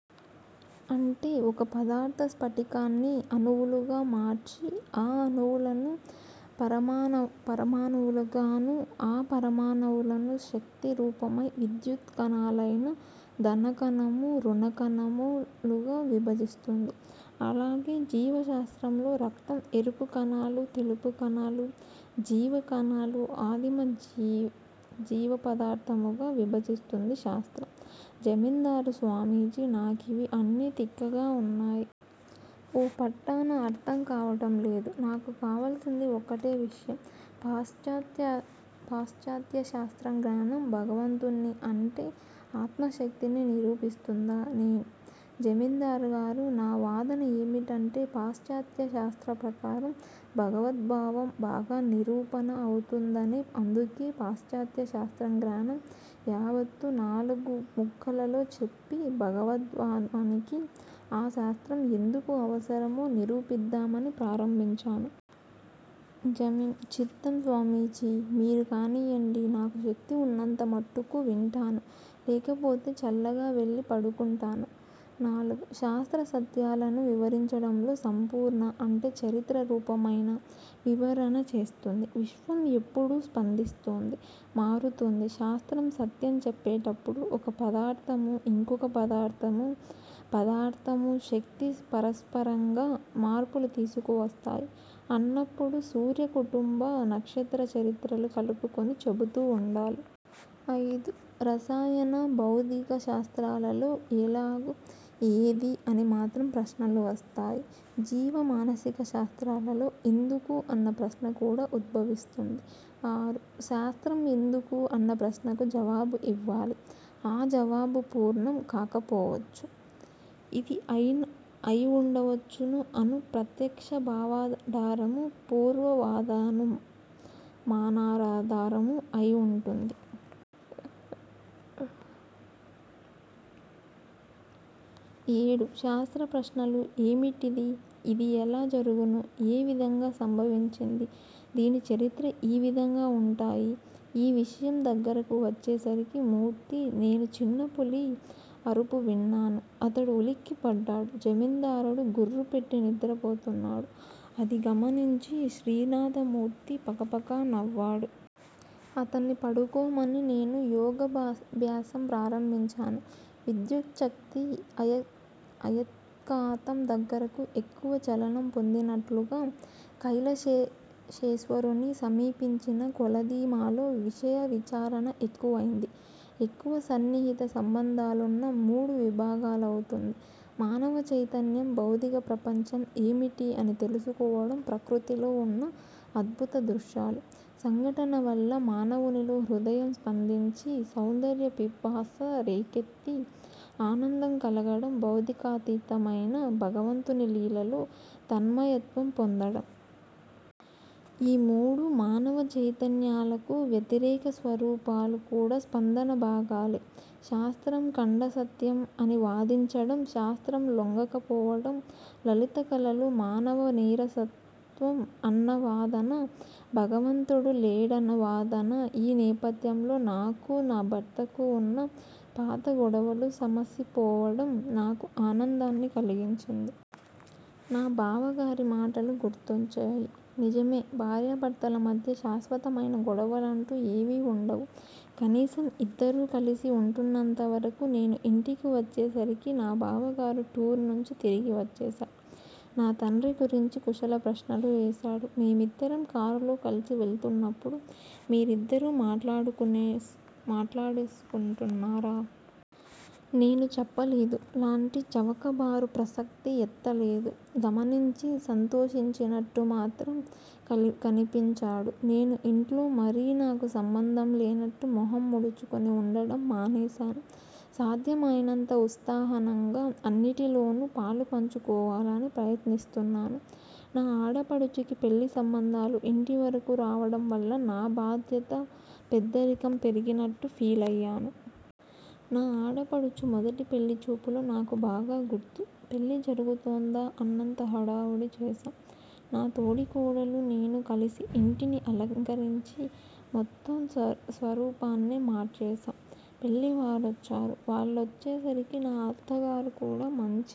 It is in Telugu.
అంటే ఒక పదార్ధ స్పటికాన్ని అణువులుగా మార్చి, ఆ అణువులను పరమాణువులుగానూ, ఆ పరమాణువులను శక్తి రూపమై విద్యుత్ కణాలైన ధనకణము, రుణకణము లుగా విభజిస్తుంది. అల్లాగే జీవశాస్త్రంలో రక్తం ఎరుపు కణాలు, తెలుపు కణాలు, జీవకణాలు ఆదిమ జీవపదార్ధము గా విభజిస్తుంది శాస్త్రం. జమీందారు స్వామీజీ నా కివి అన్నీ తిక్కగా ఉన్నాయి. ఓ పట్టా న అర్ధం కావటంలేదు. నాకు కావలసింది ఒక్కటే విషయం. పాశ్చాత్య శాస్త్రజ్ఞానం భగవంతుణ్ని, అంటే ఆత్మశక్తిని నిరూపిస్తుందా? నేను: జమీందారుగారూ! నా వాదన ఏమిటంటే, పాశ్చాత్యశాస్త్ర ప్రకారం భగవద్బావం బాగా నిరూపణ అవుతుందనే! అందుకనే పాశ్చత్య శాస్త్రజ్ఞానం యావత్తూ నాలుగు ముక్కలలో చెప్పి, భగవద్భావానికి ఆ శాస్త్రం ఎందుకు అవసరమో నిరూపిద్దామని ప్రారంభించాను. జమీం: చిత్తం స్వామీజీ! మీరు కానీయండి. నాకు శక్తి ఉన్నంత మట్టుకు వింటాను. లేకపోతే చల్లగావెళ్ళి పడుకుంటాను. ''నాలుగు: శాస్త్ర సత్యాలను వివరించడంలో సంపూర్ణ, అంటే చరిత్ర రూపమైన, వివరణ చేస్తుంది. విశ్వం ఎప్పుడూ స్పందిస్తోంది, మారుతోంది. శాస్త్రం సత్యం చెప్పేటప్పుడు ఒక పదార్ధమూ, ఇంకోపదార్ధమూ, పదార్ధమూ, శక్తీ పరస్పరంగా మార్పులు తీసుకువస్తాయి అన్నప్పుడు సూర్యకుటుంబ, నక్షత్ర చరిత్రలు కలుపుకొని చెబుతూ ఉండాలి. అయిదు: రసాయన భౌతిక శాస్త్రాలలో ''ఏలాగు '', ''ఏది'' అని మాత్రం ప్రశ్నలు వస్తాయి. జీవ, మానసిక శాస్త్రాలలో ''ఎందుకు ''అన్న ప్రశ్న కూడా ఉద్భవిస్తుంది. ఆరు: శాస్త్రం ఎందుకు అన్న ప్రశ్నకు జవాబు ఇవ్వాలి. ఆ జవాబు పూర్ణం కాకపోవచ్చును. ఇది అయివుండవచ్చును అను ప్రత్యక్షవాదాఢారము, పూర్వవాదానుమానాధారము అయివుంటుంది. ఏడు: శాస్త్ర ప్రశ్నలు, ''ఏమిటిది'' ''ఇది ఎలా జరుగును? '' ''ఏ విధంగా సంభవించింది? '' ''దీని చరిత్ర? ఈవిధంగా వుంటాయి. '' ఈవిషయం దగ్గరకు వచ్చేసరికి మూర్తీ, నేనూ చిన్నపులి అఱుపు విన్నాము. అతడు ఉలికిపడ్డాడు. జమీందారుడు గుఱ్ఱు పెట్టి నిద్రపోతున్నాడు. అది గమనించి శ్రీనాథమూర్తి పకపక నవ్వాడు. అతన్ని పడుకోమని నేను యోగాభ్యాసం ప్రారంభించాను. విద్యుచ్చక్తి, అయస్కాంతం దగ్గరకు ఎక్కువ చలనం పొందినట్లుగా, కైలసేశ్వరుని సమీపించిన కొలదీ మాలో విషయ విచారణ ఎక్కువైంది. ఎక్కువ సన్నిహిత సంబంధాలున్న మూడు విభాగాలవుతుంది మానవ చైతన్యం. భౌతిక ప్రపంచం ఏమిటి అని తెలుసుకోవడం ప్రకృతిలో ఉన్న అద్భుతదృశ్యాలు, సంఘటనవల్ల మానవునిలో హృదయం స్పందించి, సౌందర్య పిపాస రేకెత్తి ఆనందం కలగడం, భౌతికాతీతమైన భగవంతుని లీలలో తన్మయత్వం పొందడం. ఈ మూడు మానవ చైతన్యాలకూ వ్యతిరేక స్వరూపాలు కూడా స్పందన భాగాలే. శాస్త్రం ఖండసత్యం అని వాదించడం, శాస్త్రం లొంగకపోవడం, లలిత కళలు మానవనీరసత్వం అన్నవాదన, భగవంతుడు లేడనువాదన. ఆ నేపథ్యంలో నాకూ, నా భర్తకూ వున్న పాత గొడవలు సమసిపోవడం నాకు ఆనందాన్ని కలిగించింది. నా బావగారి మాటలు గుర్తొచ్చాయి. నిజమే భార్యాభర్తల మధ్య శాశ్వతమైన గొడవలంటూ ఏవీ వుండవు. కనీసం ఇద్దరూ కలిసి వుంటున్నంతవరకూ! నేను ఇంటికి వచ్చేసరికి నా బావగారు టూర్ నుంచి తిరిగి వచ్చేశాడు. నా తండ్రి గురించి కుశల ప్రశ్నలు వేశాడు. మేమిద్దరం కారులో కలిసి వెళ్తున్నప్పుడు మీరిద్దరూ మాట్లాడేసుకుంటున్నారా? నేను చెప్పలేదూ! లాంటి చవకబారు ప్రసక్తి ఎత్తలేదు. గమనించి సంతోషించినట్టు మాత్రం కనిపించాడు. నేను ఇంట్లో మరీ నాకు సంబంధం లేనట్లూ, మొహం ముడుచుకునీ వుండడం మానేశాను. సాధ్యమైనంత ఉత్సాహంగా అన్నింటిలోనూ పాలుపంచుకోవాలని ప్రయత్నిస్తున్నాను. నా ఆడపడుచుకి పెళ్ళి సంబంధాలు ఇంటివరకూ రావడం వల్ల నా బాధ్యత, పెద్దరికం పెరిగినట్టు ఫీలయ్యాను. నా ఆడపడుచు మొదటి పెళ్ళిచూపులు నాకు బాగా గుర్తు. పెళ్ళి జరుగుతోందా అన్నంత హడావుడి చేశాం. నా తోడికోడలూ, నేనూ కలిసి యింటిని అలంకరించి మొత్తం స్వరూపాన్నే మార్చేశాం. పెళ్ళివారొచ్చారు. వాళ్ళొచ్చేసరికి నా అత్తగారు కూడా మంచి